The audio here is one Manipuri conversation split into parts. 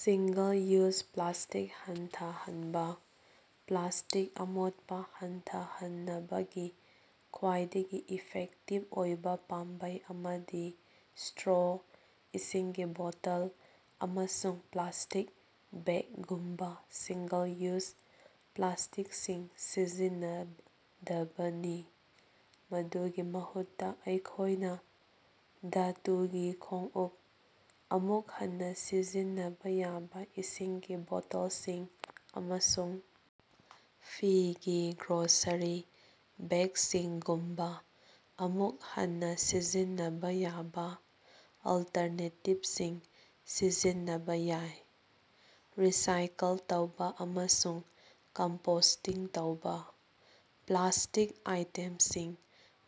ꯁꯤꯡꯒꯜ-ꯌꯨꯖ ꯄ꯭ꯂꯥꯁ꯭ꯇꯤꯛ ꯍꯟꯊꯍꯟꯕꯥ: ꯄ꯭ꯂꯥꯁ꯭ꯇꯤꯛ ꯑꯃꯣꯠꯄꯥ ꯍꯟꯊꯍꯟꯅꯕꯒꯤ ꯈ꯭ꯋꯥꯏꯗꯒꯤ ꯏꯐꯦꯛꯇꯤꯕ ꯑꯣꯏꯕ ꯄꯥꯝꯕꯩ ꯑꯃꯗꯤ ꯁ꯭ꯇꯔꯣ, ꯏꯁꯤꯡꯒꯤ ꯕꯣꯇꯜ, ꯑꯃꯁꯨꯡ ꯄ꯭ꯂꯥꯁ꯭ꯇꯤꯛ ꯕꯦꯒꯒꯨꯝꯕꯥ ꯁꯤꯡꯒꯜ ꯌꯨꯖ ꯄ꯭ꯂꯥꯁ꯭ꯇꯤꯛꯁꯤꯡ ꯁꯤꯖꯤꯟꯅꯗꯕꯅꯤ꯫ ꯃꯗꯨꯒꯤ ꯃꯍꯨꯠꯇ ꯑꯩꯈꯣꯏꯅ ꯙꯥꯇꯨꯒꯤ ꯈꯣꯡꯎꯞ, ꯑꯃꯨꯛ ꯍꯟꯅ ꯁꯤꯖꯤꯟꯅꯕ ꯌꯥꯕ ꯏꯁꯤꯡꯒꯤ ꯕꯣꯇꯜꯁꯤꯡ, ꯑꯃꯁꯨꯡ ꯐꯤꯒꯤ ꯒ꯭ꯔꯣꯁꯔꯤ ꯕꯦꯒꯁꯤꯡꯒꯨꯝꯕ ꯑꯃꯨꯛ ꯍꯟꯅ ꯁꯤꯖꯤꯟꯅꯕ ꯌꯥꯕ ꯑꯜꯇꯔꯅꯦꯇꯤꯕꯁꯤꯡ ꯁꯤꯖꯤꯟꯅꯕ ꯌꯥꯏ꯫ ꯔꯤꯁꯥꯏꯀꯜ ꯇꯧꯕ ꯑꯃꯁꯨꯡ ꯀꯝꯄꯣꯁ꯭ꯇꯤꯡ ꯇꯧꯕ: ꯄ꯭ꯂꯥꯁ꯭ꯇꯤꯛ ꯑꯥꯏꯇꯦꯝꯁꯤꯡ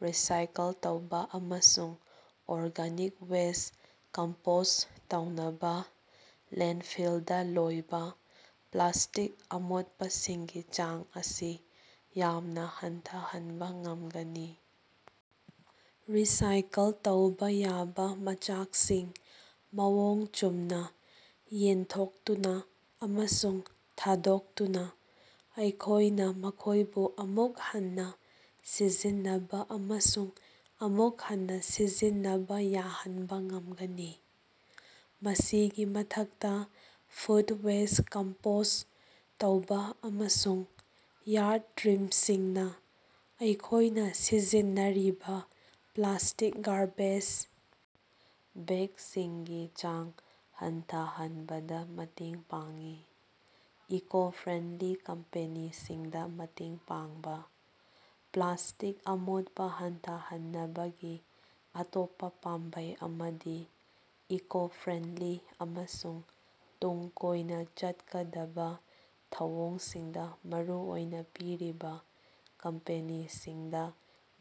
ꯔꯤꯁꯥꯏꯀꯜ ꯇꯧꯕ ꯑꯃꯁꯨꯡ ꯑꯣꯔꯒꯥꯅꯤꯛ ꯋꯦꯁ꯭ꯠ ꯀꯝꯄꯣꯁ꯭ꯠ ꯇꯧꯕꯅ ꯂꯦꯟꯗꯐꯤꯜꯗꯥ ꯂꯣꯏꯕꯥ ꯄ꯭ꯂꯥꯁ꯭ꯇꯤꯛ ꯑꯃꯣꯠꯄꯁꯤꯡꯒꯤ ꯆꯥꯡ ꯑꯁꯤ ꯌꯥꯝꯅ ꯍꯟꯊꯍꯟꯕ ꯉꯃꯒꯅꯤ꯫ ꯔꯤꯁꯥꯏꯀꯜ ꯇꯧꯕ ꯌꯥꯕꯥ ꯃꯆꯥꯛꯁꯤꯡ ꯃꯑꯣꯡ ꯆꯨꯝꯅ ꯌꯦꯟꯊꯣꯛꯇꯨꯅ ꯑꯃꯁꯨꯡ ꯊꯥꯗꯣꯛꯇꯨꯅ ꯑꯩꯈꯣꯏꯅ ꯃꯈꯣꯏꯕꯨ ꯑꯃꯨꯛ ꯍꯟꯅ ꯁꯤꯖꯤꯟꯅꯕ ꯑꯃꯁꯨꯡ ꯑꯃꯨꯛ ꯍꯟꯅ ꯁꯤꯖꯤꯟꯅꯕ ꯌꯥꯍꯟꯕ ꯉꯝꯒꯅꯤ꯫ ꯃꯁꯤꯒꯤ ꯃꯊꯛꯇꯥ, ꯐꯨꯗ ꯋꯦꯁ꯭ꯠ ꯀꯝꯄꯣꯁ꯭ꯠ ꯇꯧꯕꯥ ꯑꯃꯁꯨꯡ ꯌꯥꯔꯗ ꯇ꯭ꯔꯤꯝꯁꯤꯡꯅ ꯑꯩꯈꯣꯏꯅ ꯁꯤꯖꯤꯟꯅꯔꯤꯕ ꯄ꯭ꯂꯥꯁ꯭ꯇꯤꯛ ꯒꯥꯔꯕꯦꯖ ꯕꯦꯒꯁꯤꯡꯒꯤ ꯆꯥꯡ ꯍꯟꯊꯍꯟꯕꯗ ꯃꯇꯦꯡ ꯄꯥꯡꯏ꯫ ꯏꯀꯣ-ꯐ꯭ꯔꯦꯟꯗꯂꯤ ꯀꯝꯄꯦꯅꯤꯁꯤꯡꯗ ꯃꯇꯦꯡ ꯄꯥꯡꯕꯥ: ꯄ꯭ꯂꯥꯁ꯭ꯇꯤꯛ ꯑꯃꯣꯠꯄꯥ ꯍꯟꯊꯍꯟꯅꯕꯒꯤ ꯑꯇꯣꯞꯄꯥ ꯄꯥꯝꯕꯩ ꯑꯃꯗꯤ ꯏꯀꯣ-ꯐ꯭ꯔꯦꯟꯗꯂꯤ ꯑꯃꯁꯨꯡ ꯇꯨꯡ ꯀꯣꯏꯅ ꯆꯠꯀꯗꯕꯥ ꯊꯧꯑꯣꯡꯁꯤꯡꯗ ꯃꯔꯨ ꯑꯣꯏꯕ ꯄꯤꯔꯤꯕꯥ ꯀꯝꯄꯦꯅꯤꯁꯤꯡꯗꯥ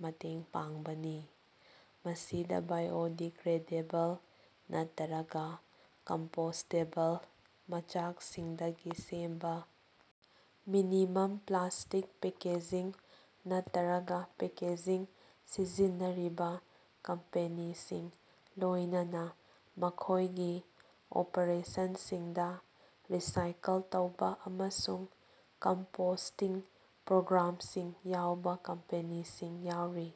ꯃꯇꯦꯡ ꯄꯥꯡꯕꯅꯤ꯫ ꯃꯁꯤꯗ ꯕꯥꯏꯑꯣꯗꯤꯒ꯭ꯔꯦꯗꯦꯕꯜ ꯅꯠꯇꯔꯒ ꯀꯝꯄꯣꯁ꯭ꯇꯦꯕꯜ ꯃꯆꯥꯛꯁꯤꯡꯗꯒꯤ ꯁꯦꯝꯕ ꯃꯤꯅꯤꯃꯝ ꯄ꯭ꯂꯥꯁ꯭ꯇꯤꯛ ꯄꯦꯀꯦꯖꯤꯡ ꯅꯠꯇꯔꯒ ꯄꯦꯀꯦꯖꯤꯡ ꯁꯤꯖꯤꯟꯅꯔꯤꯕꯥ ꯀꯝꯄꯦꯅꯤꯁꯤꯡ, ꯂꯣꯏꯅꯅꯥ ꯃꯈꯣꯏꯒꯤ ꯑꯣꯄꯔꯦꯁꯟꯁꯤꯡꯗ ꯔꯤꯁꯥꯏꯀꯜ ꯇꯧꯕ ꯑꯃꯁꯨꯡ ꯀꯝꯄꯣꯁ꯭ꯇꯤꯡ ꯄ꯭ꯔꯣꯒ꯭ꯔꯥꯝꯁꯤꯡ ꯌꯥꯎꯕ ꯀꯝꯄꯦꯅꯤꯁꯤꯡ ꯌꯥꯎꯔꯤ꯫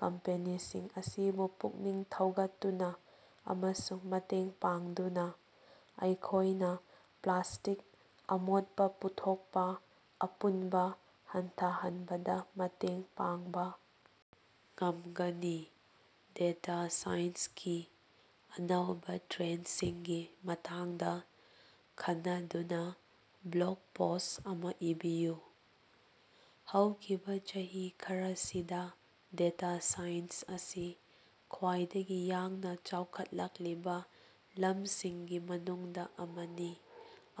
ꯀꯝꯄꯦꯅꯤꯁꯤꯡ ꯑꯁꯤꯕꯨ ꯄꯨꯛꯅꯤꯡ ꯊꯧꯒꯠꯇꯨꯅ ꯑꯃꯁꯨꯡ ꯃꯇꯦꯡ ꯄꯥꯡꯗꯨꯅ ꯑꯩꯈꯣꯏꯅꯥ ꯄ꯭ꯂꯥꯁ꯭ꯇꯤꯛ ꯑꯃꯣꯠꯄꯥ ꯄꯨꯊꯣꯛꯄ ꯑꯄꯨꯟꯕ ꯍꯟꯊꯍꯟꯕꯗꯥ ꯃꯇꯦꯡ ꯄꯥꯡꯕ ꯉꯝꯒꯅꯤ꯫ ꯗꯦꯇꯥ ꯁꯥꯏꯟꯁꯀꯤ ꯑꯅꯧꯕꯥ ꯇ꯭ꯔꯦꯟꯗꯁꯤꯡꯒꯤ ꯃꯇꯥꯡꯗ ꯈꯟꯅꯗꯨꯅ ꯕ꯭ꯂꯣꯒ ꯄꯣꯁ꯭ꯠ ꯑꯃꯥ ꯏꯕꯤꯌꯨ꯫ ꯍꯧꯈꯤꯕꯥ ꯆꯍꯤ ꯈꯔꯁꯤꯗꯥ ꯗꯦꯇꯥ ꯁꯥꯏꯟꯁ ꯑꯁꯤ ꯈ꯭ꯋꯥꯏꯗꯒꯤ ꯌꯥꯡꯅ ꯆꯥꯎꯈꯠꯂꯛꯂꯤꯕꯥ ꯂꯝꯁꯤꯡꯒꯤ ꯃꯅꯨꯡꯗꯥ ꯑꯃꯅꯤ,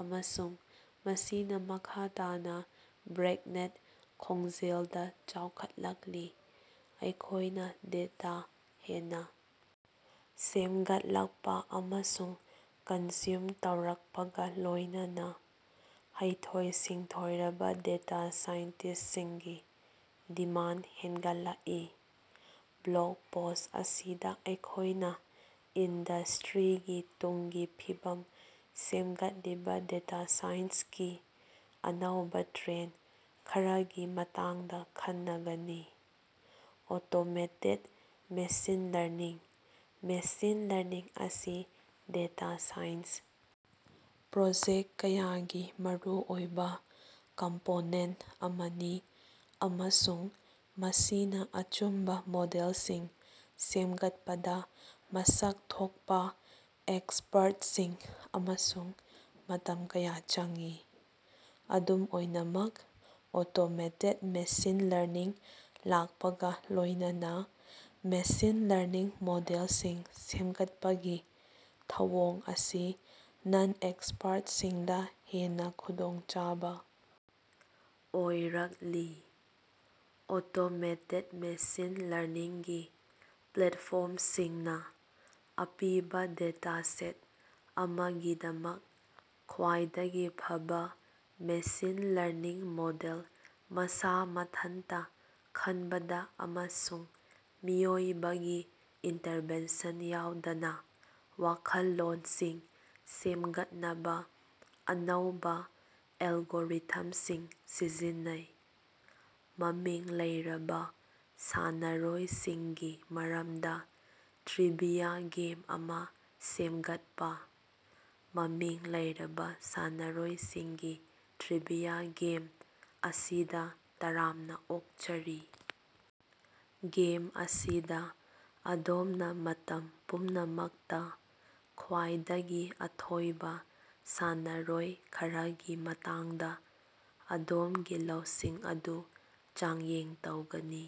ꯑꯃꯁꯨꯡ ꯃꯁꯤꯅꯥ ꯃꯈꯥ ꯇꯥꯅꯥ ꯕ꯭ꯔꯦꯛꯅꯦꯛ ꯈꯣꯡꯖꯦꯜꯗ ꯆꯥꯎꯈꯠꯂꯛꯂꯤ꯫ ꯑꯩꯈꯣꯏꯅ ꯗꯦꯇꯥ ꯍꯦꯟꯅꯥ ꯁꯦꯝꯒꯠꯂꯛꯄꯥ ꯑꯃꯁꯨꯡ ꯀꯟꯖ꯭ꯌꯨꯝ ꯇꯧꯔꯛꯄꯒ ꯂꯣꯏꯅꯅꯥ ꯍꯩꯊꯣꯏ-ꯁꯤꯡꯊꯣꯏꯔꯕ ꯗꯦꯇꯥ ꯁꯥꯏꯟꯇꯤꯁ꯭ꯁꯤꯡꯒꯤ ꯗꯤꯃꯥꯟꯗ ꯍ‌ꯦꯟꯒꯠꯂꯛꯏ꯫ ꯕ꯭ꯂꯣꯒ ꯄꯣꯁ꯭ꯠ ꯑꯁꯤꯗ ꯑꯩꯈꯣꯏꯅꯥ ꯏꯟꯗꯁ꯭ꯇꯔꯤꯒꯤ ꯇꯨꯡꯒꯤ ꯐꯤꯕꯝ ꯁꯦꯝꯒꯠꯂꯤꯕꯥ ꯗꯦꯇꯥ ꯁꯥꯏꯟꯁꯀꯤ ꯑꯅꯧꯕꯥ ꯇ꯭ꯔꯦꯟꯗ ꯈꯔꯒꯤ ꯃꯇꯥꯡꯗꯥ ꯈꯟꯅꯒꯅꯤ꯫ Automated machine learning: machine learning ꯑꯁꯤ ꯗꯦꯇꯥ ꯁꯥꯏꯟꯁ ꯄ꯭ꯔꯣꯖꯦꯛ ꯀꯌꯥꯒꯤ ꯃꯔꯨꯑꯣꯏꯕ ꯀꯝꯄꯣꯅꯦꯟꯇ ꯑꯃꯅꯤ, ꯑꯃꯁꯨꯡ ꯃꯁꯤꯅ ꯑꯆꯨꯝꯕꯥ ꯃꯣꯗꯦꯜꯁꯤꯡ ꯁꯦꯝꯒꯠꯄꯗ ꯃꯁꯛ ꯊꯣꯛꯄꯥ ꯑꯦꯛꯁꯄꯔꯠꯁꯤꯡ ꯑꯃꯁꯨꯡ ꯃꯇꯝ ꯀꯌꯥ ꯆꯪꯏ꯫ ꯑꯗꯨꯝ ꯑꯣꯏꯅꯃꯛ ꯑꯣꯇꯣꯃꯦꯇꯦꯗ ꯃꯦꯁꯤꯟ ꯂꯔꯅꯤꯡ ꯂꯥꯛꯄꯒꯥ ꯂꯣꯏꯅꯅꯥ ꯃꯦꯁꯤꯟ ꯂꯔꯅꯤꯡ ꯃꯣꯗꯦꯜꯁꯤꯡ ꯁꯦꯝꯒꯠꯄꯒꯤ ꯊꯧꯑꯣꯡ ꯑꯁꯤ ꯅꯟ-ꯑꯦꯛꯁꯄꯔꯠꯁꯤꯡꯗꯥ ꯍꯦꯟꯅ ꯈꯨꯗꯣꯡꯆꯥꯕ ꯑꯣꯏꯔꯛꯂꯤ꯫ ꯑꯣꯇꯣꯃꯦꯇꯦꯗ ꯃꯦꯁꯤꯟ ꯂꯔꯅꯤꯡꯒꯤ ꯄ꯭ꯂꯦꯠꯐꯣꯔꯝꯁꯤꯡꯅ ꯑꯄꯤꯕꯥ ꯗꯦꯇꯥꯁꯦꯠ ꯑꯃꯒꯤꯗꯃꯛ ꯈ꯭ꯋꯥꯏꯗꯒꯤ ꯐꯕꯥ ꯃꯦꯁꯤꯟ ꯂꯔꯅꯤꯡ ꯃꯣꯗꯦꯜ ꯃꯁꯥ ꯃꯊꯟꯇꯥ ꯈꯟꯕꯗꯥ ꯑꯃꯁꯨꯡ ꯃꯤꯑꯣꯏꯕꯒꯤ ꯏꯟꯇꯔꯚꯦꯟꯁꯟ ꯌꯥꯎꯗꯅꯥ ꯋꯥꯈꯜꯂꯣꯟꯁꯤꯡ ꯁꯦꯝꯒꯠꯅꯕ ꯑꯅꯧꯕꯥ ꯑꯦꯜꯒꯣꯔꯤꯊꯝꯁꯤꯡ ꯁꯤꯖꯤꯟꯅꯩ꯫ ꯃꯃꯤꯡ ꯂꯩꯔꯕ ꯁꯥꯟꯅꯔꯣꯏꯁꯤꯡꯒꯤ ꯃꯔꯝꯗꯥ ꯇ꯭ꯔꯤꯕꯤꯌꯥ ꯒꯦꯝ ꯑꯃꯥ ꯁꯦꯝꯒꯠꯄꯥ꯫ ꯃꯃꯤꯡ ꯂꯩꯔꯕꯥ ꯁꯥꯟꯅꯔꯣꯏꯁꯤꯡꯒꯤ ꯇ꯭ꯔꯤꯕꯤꯌꯥ ꯒꯦꯝ ꯑꯁꯤꯗꯥ ꯇꯔꯥꯝꯅꯥ ꯑꯣꯛꯆꯔꯤ! ꯒꯦꯝ ꯑꯁꯤꯗꯥ ꯑꯗꯣꯝꯅ ꯃꯇꯝ ꯄꯨꯝꯅꯃꯛꯇꯥ ꯈ꯭ꯋꯥꯏꯗꯒꯤ ꯑꯊꯣꯏꯕ ꯁꯥꯟꯅꯔꯣꯏ ꯈꯔꯒꯤ ꯃꯇꯥꯡꯗꯥ ꯑꯗꯣꯝꯒꯤ ꯂꯧꯁꯤꯡ ꯑꯗꯨ ꯆꯥꯡꯌꯦꯡ ꯇꯧꯒꯅꯤ꯫